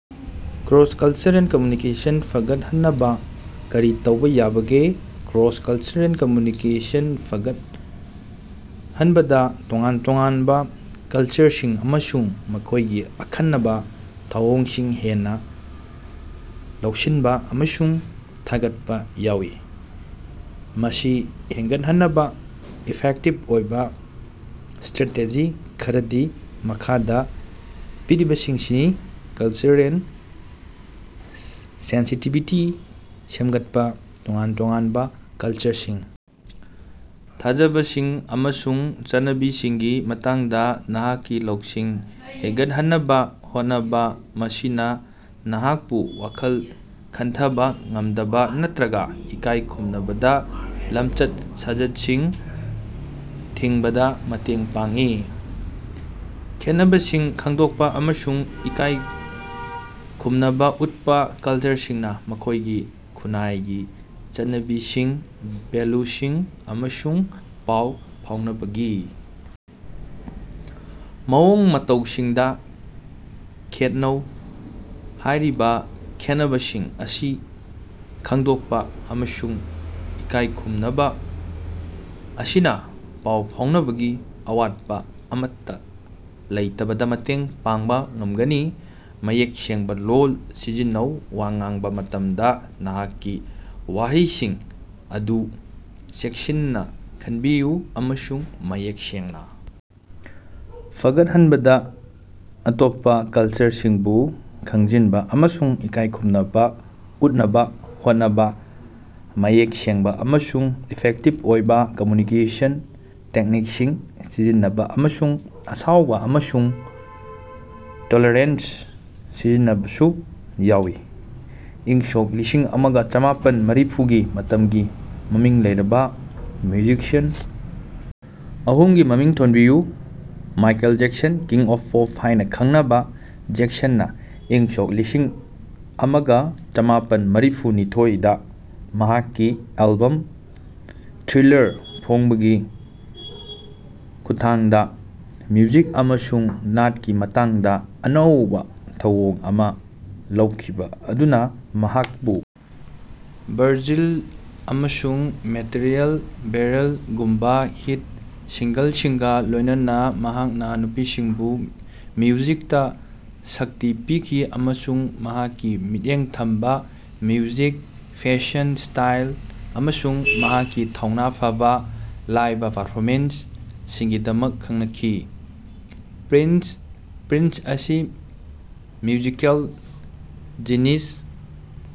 Cross-cultural communication ꯐꯒꯠꯍꯟꯅꯕꯥ ꯀꯔꯤ ꯇꯧꯕ ꯌꯥꯕꯒꯦ? ꯀ꯭ꯔꯣꯁ-ꯀꯜꯆꯔꯦꯜ ꯀꯝꯃ꯭ꯌꯨꯅꯤꯀꯦꯁꯟ ꯐꯥꯒꯠꯍꯟꯕꯗ ꯇꯣꯉꯥꯟ-ꯇꯣꯉꯥꯟꯕ ꯀꯜꯆꯔꯁꯤꯡ ꯑꯃꯁꯨꯡ ꯃꯈꯣꯏꯒꯤ ꯑꯈꯟꯅꯕ ꯊꯧꯑꯣꯡꯁꯤꯡ ꯍꯦꯟꯅ ꯂꯧꯁꯤꯟꯕ ꯑꯃꯁꯨꯡ ꯊꯥꯒꯠꯄꯥ ꯌꯥꯎꯏ꯫ ꯃꯁꯤ ꯍꯦꯡꯒꯠꯍꯟꯅꯕ ꯏꯐꯦꯛꯇꯤꯚ ꯑꯣꯏꯕ ꯁ꯭ꯇꯔꯥꯇꯦꯖꯤ ꯈꯔꯗꯤ ꯃꯈꯥꯗ ꯄꯤꯔꯤꯕꯁꯤꯡꯁꯤꯅꯤ: ꯀꯜꯆꯔꯦꯜ ꯁꯦꯟꯁꯤꯇꯤꯚꯤꯇꯤ ꯁꯦꯝꯒꯠꯄ ꯇꯣꯉꯥꯟ-ꯇꯣꯉꯥꯟꯕ ꯀꯜꯆꯔꯁꯤꯡ, ꯊꯥꯖꯕꯁꯤꯡ ꯑꯃꯁꯨꯡ ꯆꯠꯅꯕꯤꯁꯤꯡꯒꯤ ꯃꯇꯥꯡꯗ ꯅꯍꯥꯛꯀꯤ ꯂꯧꯁꯤꯡ ꯍꯦꯒꯠꯍꯟꯅꯕꯥ ꯍꯣꯠꯅꯕ꯫ ꯃꯁꯤꯅ ꯅꯍꯥꯛꯄꯨ ꯋꯥꯈꯜ ꯈꯟꯊꯕꯥ ꯉꯝꯗꯕ ꯅꯠꯇꯔꯒ ꯏꯀꯥꯏ ꯈꯨꯝꯅꯗꯕ ꯂꯝꯆꯠ-ꯁꯥꯖꯠꯁꯤꯡ ꯊꯤꯡꯕꯗ ꯃꯇꯦꯡ ꯄꯥꯡꯏ꯫ ꯈꯦꯠꯅꯕꯁꯤꯡ ꯈꯪꯗꯣꯛꯄ ꯑꯃꯁꯨꯡ ꯏꯀꯥꯏꯈꯨꯝꯅꯕ ꯎꯠꯄ ꯀꯜꯆꯔꯁꯤꯡꯅꯥ ꯃꯈꯣꯏꯒꯤ ꯈꯨꯟꯅꯥꯏꯒꯤ ꯆꯠꯅꯕꯤꯁꯤꯡ, ꯚꯦꯂꯨꯁꯤꯡ ꯑꯃꯁꯨꯡ ꯄꯥꯎ ꯐꯥꯎꯅꯕꯒꯤ ꯃꯑꯣꯡ ꯃꯇꯧꯁꯤꯡꯗ ꯈꯦꯠꯅꯧ꯫ ꯍꯥꯏꯔꯤꯕ ꯈꯦꯠꯅꯕꯁꯤꯡ ꯑꯁꯤ ꯈꯪꯗꯣꯛꯄ ꯑꯃꯁꯨꯡ ꯏꯀꯥꯏꯈꯨꯝꯅꯕ ꯑꯁꯤꯅ ꯄꯥꯎ ꯐꯥꯎꯅꯕꯒꯤ ꯑꯋꯥꯠꯄ ꯑꯃꯇꯥ ꯂꯩꯇꯕꯗ ꯃꯇꯦꯡ ꯄꯥꯡꯕ ꯉꯝꯒꯅꯤ꯫ ꯃꯌꯦꯛ ꯁꯦꯡꯕ ꯂꯣꯜ ꯁꯤꯖꯤꯟꯅꯧ ꯋꯥ ꯉꯥꯡꯕꯥ ꯃꯇꯝꯗ ꯅꯍꯥꯛꯀꯤ ꯋꯥꯍꯩꯁꯤꯡ ꯑꯗꯨ ꯆꯦꯛꯁꯤꯟꯅ ꯈꯟꯕꯤꯌꯨ ꯑꯃꯁꯨꯡ ꯃꯌꯦꯛ ꯁꯦꯡꯅ ꯐꯥꯒꯠꯍꯟꯕꯗ ꯑꯇꯣꯞꯄ ꯀꯜꯆꯔꯁꯤꯡꯕꯨ ꯈꯪꯖꯤꯟꯕꯥ ꯑꯃꯁꯨꯡ ꯏꯀꯥꯏ ꯈꯨꯝꯅꯕ ꯎꯠꯅꯕ ꯍꯣꯠꯅꯕ, ꯃꯌꯦꯛ ꯁꯦꯡꯕꯥ ꯑꯃꯁꯨꯡ ꯏꯐꯦꯛꯇꯤꯚ ꯑꯣꯏꯕ ꯀꯝꯃ꯭ꯌꯨꯅꯤꯀꯦꯁꯟ ꯇꯦꯛꯅꯤꯛꯁꯤꯡ ꯁꯤꯖꯤꯟꯅꯕ ꯑꯃꯁꯨꯡ ꯑꯁꯥꯎꯕ ꯑꯃꯁꯨꯡ ꯇꯦꯂꯦꯔꯦꯟꯁ ꯁꯤꯖꯤꯟꯅꯕꯁꯨ ꯌꯥꯎꯏ꯫ ꯏꯪꯁꯣꯛ ꯂꯤꯁꯤꯡ ꯑꯃꯒ ꯆꯥꯃꯥꯄꯟ ꯃꯔꯤꯐꯨ ꯒꯤ ꯃꯇꯝꯒꯤ ꯃꯃꯤꯡ ꯂꯩꯔꯕꯥ ꯃ꯭꯭ꯌꯨꯖꯤꯁꯤꯌꯥꯟ ꯑꯍꯨꯝꯒꯤ ꯃꯃꯤꯡ ꯊꯣꯟꯕꯤꯌꯨ꯫ Michael Jackson: "king of pop" ꯍꯥꯏꯅꯥ ꯈꯪꯅꯕ, ꯖꯦꯛꯁꯟꯅꯥ ꯏꯪꯁꯣꯛ ꯂꯤꯁꯤꯡ ꯑꯃꯒ ꯆꯥꯃꯥꯄꯟ ꯃꯔꯤꯐꯨ ꯅꯤꯊꯣꯏ ꯗꯥ ꯃꯍꯥꯛꯀꯤ ꯑꯦꯜꯕꯝ ꯊ꯭꯭ꯔꯤꯂꯥꯔ ꯐꯣꯡꯕꯒꯤ ꯈꯨꯠꯊꯥꯡꯗ ꯃ꯭ꯌꯨꯖꯤꯛ ꯑꯃꯁꯨꯡ ꯅꯥꯠꯀꯤ ꯃꯇꯥꯡꯗ ꯑꯅꯧꯕꯥ ꯊꯧꯑꯣꯡ ꯑꯃ ꯂꯧꯈꯤꯕꯥ ꯑꯗꯨꯅ ꯃꯍꯥꯛꯄꯨ ꯚꯔꯖꯤꯜ" ꯑꯃꯁꯨꯡ "ꯃꯦꯇ꯭ꯔꯤꯑꯦꯜ ꯚꯦꯔꯜ" ꯒꯨꯝꯕ ꯍꯤꯠ ꯁꯤꯉꯡꯒꯜꯁꯤꯡꯒ ꯂꯣꯏꯅꯅ ꯃꯍꯥꯛꯅ ꯅꯨꯄꯤꯁꯤꯡꯕꯨ ꯃ꯭ꯌꯨꯖꯤꯛꯇꯥ ꯁꯛꯇꯤ ꯄꯤꯈꯤ ꯑꯃꯁꯨꯡ ꯃꯍꯥꯛꯀꯤ ꯃꯤꯠꯌꯦꯡ ꯊꯝꯕ ꯃ꯭ꯌꯨꯖꯤꯛ, ꯐꯦꯁꯟ ꯁ꯭꯭ꯇꯥꯏꯜ ꯑꯃꯁꯨꯡ ꯃꯍꯥꯛꯀꯤ ꯊꯧꯅ ꯐꯥꯕ ꯂꯥꯏꯕ ꯄꯥꯔꯐꯣꯃꯦꯟꯁ ꯁꯤꯡꯒꯤꯗꯃꯛ ꯈꯪꯅꯈꯤ꯫ ꯄ꯭꯭ꯔꯤꯟꯁ: ꯄ꯭ꯔꯤꯟꯁ ꯑꯁꯤ ꯃ꯭꯭ꯌꯨꯖꯤꯀꯦꯜ ꯖꯤꯅꯤꯁ